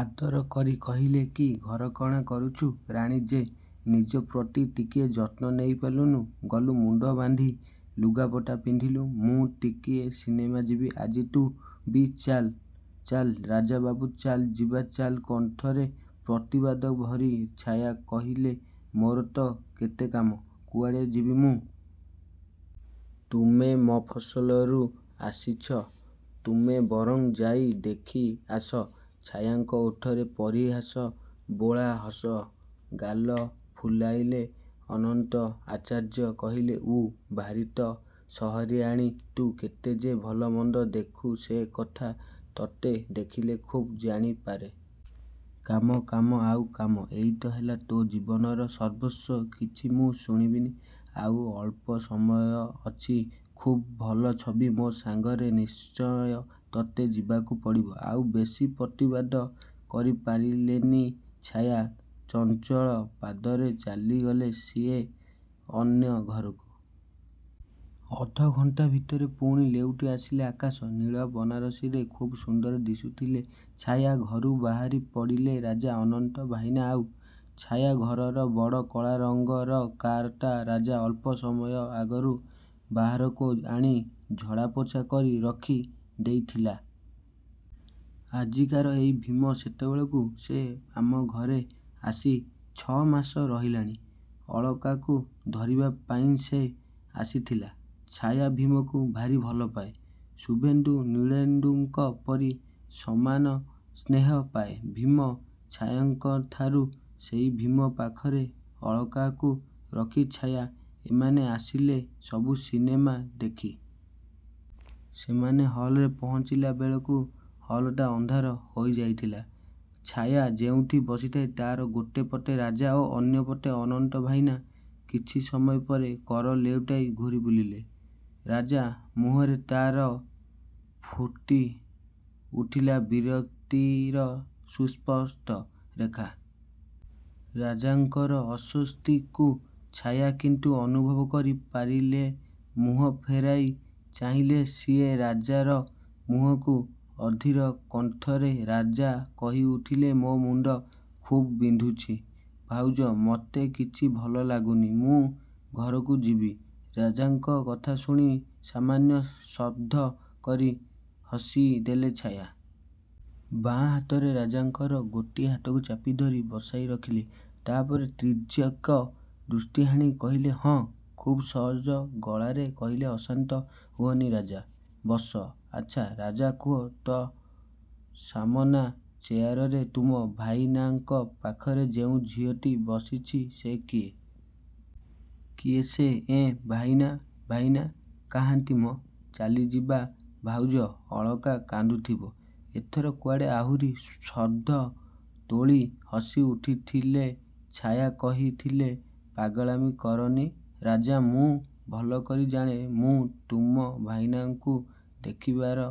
ଆଦର କରି କହିଲେ କି ଘରକରଣା କରୁଛୁ ରାଣୀ ଯେ ନିଜ ପ୍ରତି ଟିକିଏ ଯତ୍ନ ନେଇ ପାରୁନୁ? ଗଲୁ, ମୁଣ୍ଡ ବାନ୍ଧି ଲୁଗାପଟା ପିନ୍ଧିଲୁ, ମୁଁ ଟିକିଏ ସିନେମା ଯିବି ଆଜି। ତୁ ବି ଚାଲ। ଚାଲ ରାଜାବାବୁ, ଚାଲ ଯିବା ଚାଲ। କଣ୍ଠରେ ପ୍ରତିବାଦ ଭରି ଛାୟା କହିଲେ ମୋର ତ କେତେ କାମ, କୁଆଡ଼େ ଯିବି ମୁଁ। ତୁମେ ମଫସଲରୁ ଆସିଛ, ତୁମେ ବରଂ ଯାଇ ଦେଖି ଆସ। ଛାୟାଙ୍କ ଓଠରେ ପରିହାସ ବୋଳା ହସ। ଗାଲ ଫୁଲାଇଲେ ଅନନ୍ତ ଆଚାର୍ଯ୍ୟ। କହିଲେ ଉଃ, ଭାରି ତ ସହରିଆଣୀ ତୁ। କେତେ ଯେ ଭଲମନ୍ଦ ଦେଖୁ ସେକଥା ତତେ ଦେଖିଲେ ଖୁବ୍ ଜାଣି ପାରେ। କାମ, କାମ, ଆଉ କାମ। ଏଇତ ହେଲା ତୋ ଜୀବନର ସର୍ବସ୍ୱ। କିଛି ମୁଁ ଶୁଣିବିନି। ଆଉ ଅଳ୍ପ ସମୟ ଅଛି। ଖୁବ୍ ଭଲ ଛବି। ମୋ ସାଙ୍ଗରେ ନିଶ୍ଚୟ ତତେ ଯିବାକୁ ପଡ଼ିବ। ଆଉ ବେଶୀ ପ୍ରତିବାଦ କରି ପାରିଲେନି ଛାୟା। ଚଞ୍ଚଳ ପାଦରେ ଚାଲିଗଲେ ସିଏ ଅନ୍ୟ ଘରକୁ। ଅଧ ଘଣ୍ଟା ଭିତରେ ପୁଣି ଲେଉଟି ଆସିଲେ। ଆକାଶ ନୀଳ ବନାରସୀରେ ଖୁବ୍ ସୁନ୍ଦର ଦିଶୁଥିଲେ ଛାୟା। ଘରୁ ବାହାରି ପଡ଼ିଲେ ରାଜା, ଅନନ୍ତ ଭାଇନା ଆଉ ଛାୟା। ଘରର ବଡ଼ କଳା ରଙ୍ଗର କାରଟା ରାଜା ଅଳ୍ପ ସମୟ ଆଗରୁ ବାହାରକୁ ଆଣି ଝଡ଼ାପୋଛା କରି ରଖି ଦେଇଥିଲା। ଆଜିକାର ଏଇ ଭୀମ ସେତେବେଳକୁ ସେ ଆମ ଘରେ ଆସି ଛ' ମାସ ରହିଲାଣି। ଅଳକାକୁ ଧରିବା ପାଇଁ ସେ ଆସିଥିଲା। ଛାୟା ଭୀମକୁ ଭାରି ଭଲ ପାଏ। ଶୁଭେନ୍ଦୁ ନୀଳେନ୍ଦୁଙ୍କ ପରି ସମାନ ସ୍ନେହ ପାଏ ଭୀମ ଛାୟାଙ୍କଠାରୁ। ସେଇ ଭୀମ ପାଖରେ ଅଳକାକୁ ରଖି ଛାୟା ଏମାନେ ଆସିଲେ ସବୁ ସିନେମା ଦେଖି। ସେମାନେ ହଲ୍‌ରେ ପହଞ୍ଚିଲା ବେଳକୁ ହଲ୍‌ଟା ଅନ୍ଧାର ହୋଇ ଯାଇଥିଲା। ଛାୟା ଯେଉଁଠି ବସିଥାଏ ତା'ର ଗୋଟିଏ ପଟେ ରାଜା ଓ ଅନ୍ୟ ପାଖେ ଅନନ୍ତ ଭାଇନା। କିଛି ସମୟ ପରେ କର ଲେଉଟାଇ ଘୂରି ବସିଲେ ରାଜା। ମୁହଁରେ ତା'ର ଫୁଟି ଉଠିଲା ବିରକ୍ତିର ସୁସ୍ପଷ୍ଟ ରେଖା। ରାଜାଙ୍କର ଅସ୍ୱସ୍ତିକୁ ଛାୟା କିନ୍ତୁ ଅନୁଭବ କରି ପାରିଲେ। ମୁହଁ ଫେରାଇ ଚାହିଁଲେ ସିଏ ରାଜାର ମୁହଁକୁ। ଅଧୀର କଣ୍ଠରେ ରାଜା କହି ଉଠିଲେ ମୋ ମୁଣ୍ଡ ଖୁବ୍ ବିନ୍ଧୁଛି ଭାଉଜ। ମତେ କିଛି ଭଲ ଲାଗୁନି। ମୁଁ ଘରକୁ ଯିବି। ରାଜାଙ୍କ କଥା ଶୁଣି ସାମାନ୍ୟ ଶବ୍ଦ କରି ହସି ଦେଲେ ଛାୟା। ବାଁ ହାତରେ ରାଜାଙ୍କର ଗୋଟିଏ ହାତକୁ ଚାପି ଧରି ବସାଇ ରଖିଲେ। ତା' ପରେ ତୀର୍ଯ୍ୟକ ଦୃଷ୍ଟି ହାଣି କହିଲେ ହଁ ଖୁବ୍ ସହଜ ଗଳାରେ କହିଲେ ଅଶାନ୍ତ ହୁଅନି ରାଜା, ବସ। ଆଚ୍ଛା ରାଜା କୁହ ତ, ସାମନା ଚେୟାରରେ ତୁମ ଭାଇନାଙ୍କ ପାଖରେ ଯେଉଁ ଝିଅଟି ବସିଛି ସେ କିଏ? କିଏ ସେ? ଏଁ, ଭାଇନା ଭାଇନା କାହାନ୍ତି ମ? ଚାଲିଯିବା ଭାଉଜ, ଅଳକା କାନ୍ଦୁଥିବ। ଏଥର କୁଆଡ଼େ ଆହୁରି ଶବ୍ଦ ତୋଳି ହସି ଉଠିଥିଲେ ଛାୟା। କହିଥିଲେ ପାଗଳାମି କରନି ରାଜା। ମୁଁ ଭଲ କରି ଜାଣେ, ମୁଁ ତୁମ ଭାଇନାଙ୍କୁ ଦେଖିବାର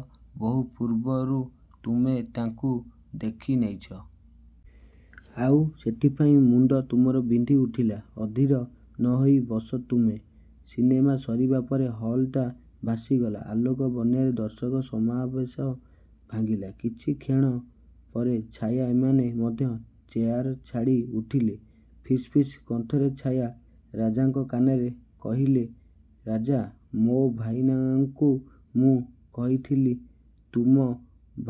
ବହୁ ପୂର୍ବରୁ ତୁମେ ତାଙ୍କୁ ଦେଖି ନେଇଛ। ଆଉ ସେଇଥିପାଇଁ ମୁଣ୍ଡ ତୁମର ବିନ୍ଧି ଉଠିଲା। ଅଧୀର ନ ହୋଇ ବସ ତୁମେ। ସିନେମା ସରିବା ପରେ ହଲ୍‌ଟା ଭାସିଗଲା ଆଲୋକ ବନ୍ୟାରେ। ଦର୍ଶକ ସମାବେଶ ଭାଙ୍ଗିଲା। କିଛି କ୍ଷଣ ପରେ ଛାୟା ଏମାନେ ମଧ୍ୟ ଚେୟାର ଛାଡ଼ି ଉଠିଲେ। ଫିସ୍ ଫିସ୍ କଣ୍ଠରେ ଛାୟା ରାଜାଙ୍କ କାନରେ କହିଲେ ରାଜା ମୋ ଭାଇନାଙ୍କୁ ମୁଁ କହିଥିଲି ତୁମ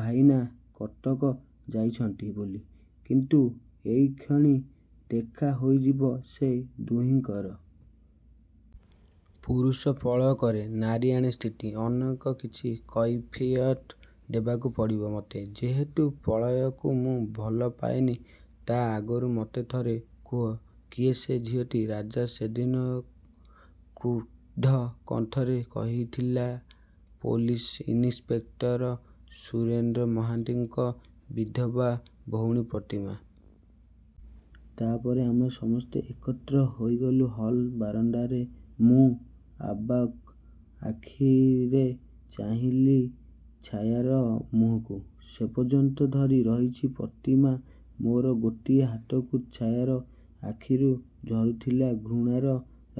ଭାଇନା କଟକ ଯାଇଛନ୍ତି ବୋଲି, କିନ୍ତୁ ଏଇକ୍ଷଣି ଦେଖା ହୋଇଯିବ ସେ ଦୁହିଁଙ୍କର। ପୁରୁଷ ପ୍ରଳୟ କରେ, ନାରୀ ଆଣେ ସ୍ଥିତି। ଅନେକ କିଛି କୈଫିୟତ୍ ଦେବାକୁ ପଡ଼ିବ ମତେ, ଯେହେତୁ ପ୍ରଳୟକୁ ମୁଁ ଭଲ ପାଏନି। ତା' ଆଗରୁ ମତେ ଥରେ କୁହ କିଏ ସେ ଝିଅଟି। ରାଜା ସେଦିନ କ୍ରୁଦ୍ଧ କଣ୍ଠରେ କହିଥିଲା ପୋଲିସ ଇନ୍‌ସପେକ୍ଟର ସୁରେଶ ମହାନ୍ତିଙ୍କ ବିଧବା ଭଉଣୀ ପ୍ରତିମା। ତା' ପରେ ଆମେ ସମସ୍ତେ ଏକତ୍ର ହୋଇଗଲୁ ହଲ୍ ବାରଣ୍ଡାରେ। ମୁଁ ଅବାକ୍ ଆଖିରେ ଚାହିଁଲି ଛାୟାର ମୁହଁକୁ। ସେପର୍ଯ୍ୟନ୍ତ ଧରି ରହିଛି ପ୍ରତିମା ମୋର ଗୋଟିଏ ହାତକୁ। ଛାୟାର ଆଖିରୁ ଝରୁଥିଲା ଘୃଣାର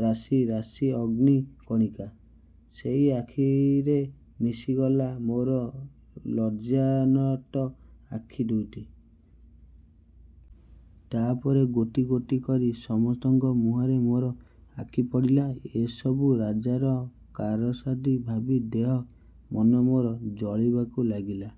ରାଶି ରାଶି ଅଗ୍ନି କଣିକା। ସେଇ ଆଖିରେ ମିଶିଗଲା ମୋର ଲଜ୍ଜାନତ ଆଖି ଦୁଇଟି। ତା' ପରେ ଗୋଟି ଗୋଟି କରି ସମସ୍ତଙ୍କ ମୁହଁରେ ମୋର ଆଖି ପଡ଼ିଲା। ଏସବୁ ରାଜାର କାରସାଦି ଭାବି ଦେହ ମନ ମୋର ଜଳିବାକୁ ଲାଗିଲା।